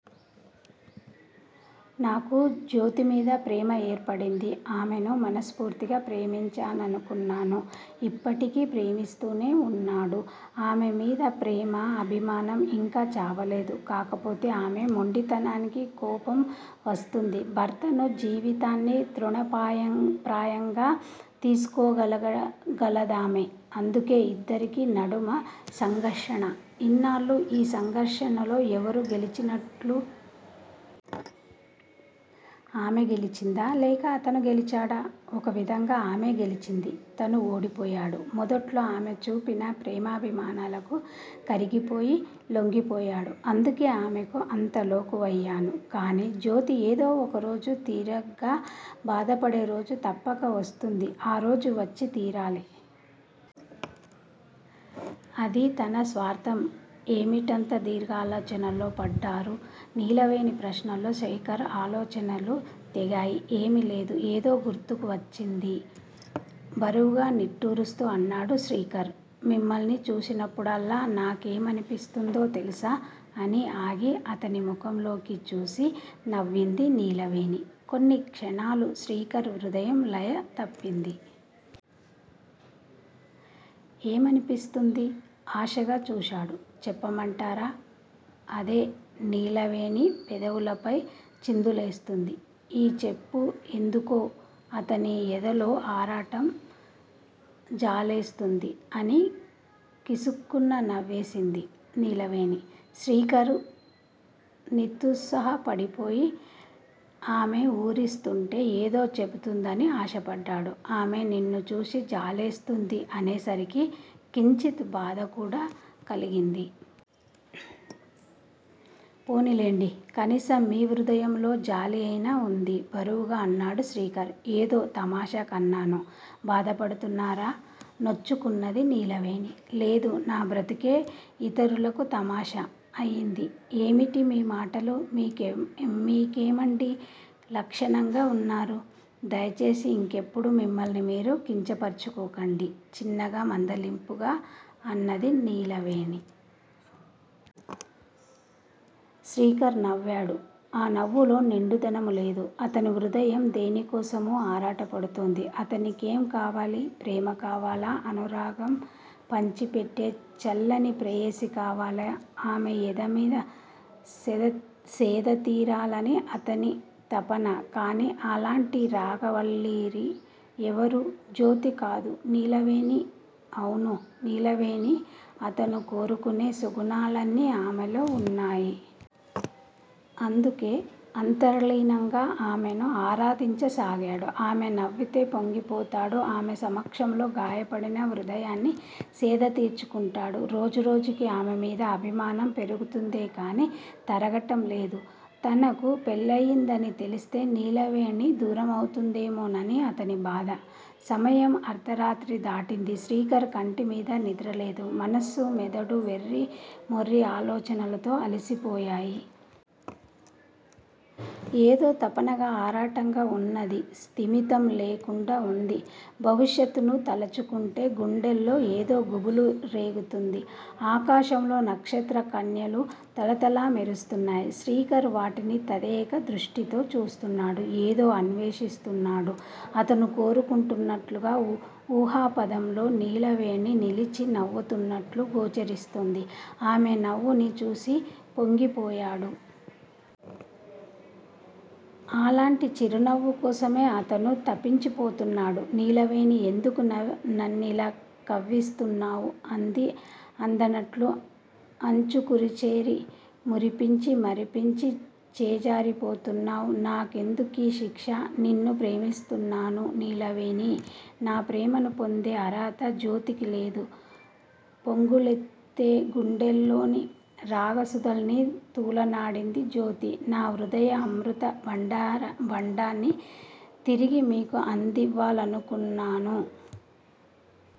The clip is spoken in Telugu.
నాకు జ్యోతిమీద ప్రేమ ఏర్పడింది. ఆమెను మనస్పూర్తిగా ప్రేమించాననుకున్నాను. ఇప్పటికీ ప్రేమిస్తూనే వున్నాడు. ఆమె మీద ప్రేమ. అభిమానం యింకా చావలేదు. కాకపోతే ఆమె మొండితనానికి కోపం వస్తుంది. భర్తను, జీవితాన్ని తృణప్రాయంగా తీసుకోగలదామె. అందుకే ఇద్దరికీ నడుమ సంఘర్షణ! ఇన్నాళ్ళు ఈ సంఘర్షణలో ఎవరు గెలిచినట్లు? ఆమె గెలిచిందా, లేక అతను గెలిచాడా? ఒక విధంగా ఆమే గెలిచింది. తను ఓడిపోయాడు. మొదట్లో ఆమె చూపిన ప్రేమాభిమానాలకు కరిగిపోయి లొంగిపోయాడు. అందుకే ఆమెకు అంత లోకువయ్యాను. కానీ, జ్యోతి ఏదో ఒక రోజున తీరిగ్గా బాధపడేరోజు తప్పక వస్తుంది. ఆ రోజు వచ్చి తీరాలి. అది తన స్వార్ధం? ఏమిటంత దీర్ఘాలోచనలో పడ్డారు? నీలవేణి ప్రశ్నతో శ్రేకర్ ఆలోచనలు తెగాయి. ఏం లేదు ఏదో గుర్తుకు వచ్చింది బరువుగా నిట్టూరుస్తూ అన్నాడు శ్రీకర్. మిమ్మల్ని చూసినప్పుడల్లా నాకేమనిపిస్తుందో తెలుసా? అని ఆగి అతని ముఖంలోకి చూసి నవ్వింది నీలవేణి. కొన్ని క్షణాలు శ్రీకర్ హృదయం లయ తప్పింది. ఏమనిపిస్తుంది? ఆశగా చూసాడు. చెప్పమంటారా? అదే నీలవేణి పెదవులపై చిందులేస్తుంది. ఈ చెప్పు యెందుకో అతని యెదలో ఆరాటం! జాలేస్తుంది__ అని కిసుక్కున నవ్వేసింది నీలవేణి. శ్రీకర్ నితుత్సాహపడిపోయి. ఆమె ఊరిస్తుంటే ఏదో చెబుతుందని ఆశపడ్డాడు. ఆమె నిన్ను చూసి జాలేస్తుంది. అనేసరికి కించిత్ బాధకూడా కలిగింది. పోనీలెండి కనీసం మీ హృదయంలో జాలి అయినా వుంది బరువుగా అన్నాడు శ్రీకర్. ఏదో తమాషాకన్నాను. బాధపడుతున్నారా? నొచ్చుకున్నది నీలవేణి. లేదు. నా బ్రతుకే ఇతరులకు తమాషా అయింది. ఏమిటి మీ మాటలు-మీకేమండి లక్షణంగా వున్నారు. దయచేసి ఇంకెప్పుడూ మిమ్మల్ని మీరు కించపరుచుకోకండి- చిన్నగా మందలింపుగా అన్నది నీలవేణి. శ్రీకర్ నవ్వాడు. ఆ నవ్వులో నిండుదనంలేదు. అతని హృదయం దేనికోసమో ఆరాటపడుతోంది. అతనికేం కావాలి? ప్రేమ కావాలి! అనురాగం పంచిపెట్టే చల్లని ప్రేయసి కావాలి. ఆమె ఎదమీద సేద తీరాలని అతని తపన! కానీ! అలాంటి రాగవల్లరి ఎవరు? జ్యోతి కాదు నీలవేణి! అవును నీలవేణి అతను కోరుకునే సుగుణాలన్నీ ఆమెలో వున్నాయి. అందుకే అంతర్లీనంగా ఆమెను ఆరాధించసాగాడు. ఆమె నవ్వితే పొంగిపోతాడు. ఆమె సమక్షంలో గాయపడిన హృదయాన్ని సేద తీర్చుకుంటాడు. రోజు రోజుకీ ఆమెమీద అభిమానం పెరుగుతుందేగానీ తరగడంలేదు. తనకు పెళ్ళయిందని తెలిస్తే నీలవేణి దూరమవుతుందేమోనని అతని బాధ. సమయం అర్దరాత్రి దాటింది. శ్రీకర్ కంటిమీద నిద్రలేదు. మనస్సు మెదడు వెర్రి మొర్రి ఆలోచనలతో అలసిపోయాయి. ఏదో తపనగా, ఆరాటంగా వున్నది. స్థిమితం లేకుండా వుంది. భవిష్యత్తును తలచుకుంటే గుండెల్లో ఏదో గుబులు రేగుతుంది. ఆకాశంలో నక్షత్ర కన్యలు తళతళా మెరుస్తున్నాయి. శ్రీకర్ వాటిని తదేక దృష్టితో చూస్తున్నాడు ఏదో అన్వేషిస్తున్నాడు. అతను కోరుకున్నట్లుగా ఊహాపధంలో నీలవేణి నిలిచి నవ్వుతున్నట్లు గోచరిస్తుంది. ఆమె నవ్వుని చూసి పొంగిపోయాడు. అలాంటి చిరునవ్వు కోసమే అతను తపించిపోతున్నాడు. నీలవేణీ! ఎందుకు నన్నిలా కవ్విస్తున్నావు? అందీ అందనట్లు అంచుకుచేరి మురిపించి, మరిపించి చేజారిపోతున్నావ్! నా కెందుకీ శిక్ష? నిన్ను ప్రేమిస్తున్నాను నీలవేణీ! నా ప్రేమను పొందే అర్హత జ్యోతికి లేదు. పొంగులెత్తే గుండెల్లోని రాగసుధల్ని తూలనాడింది జ్యోతి! నా హృదయ అమృత భాండాన్ని తిరిగి మీకు అందివ్వలనుకున్నాను.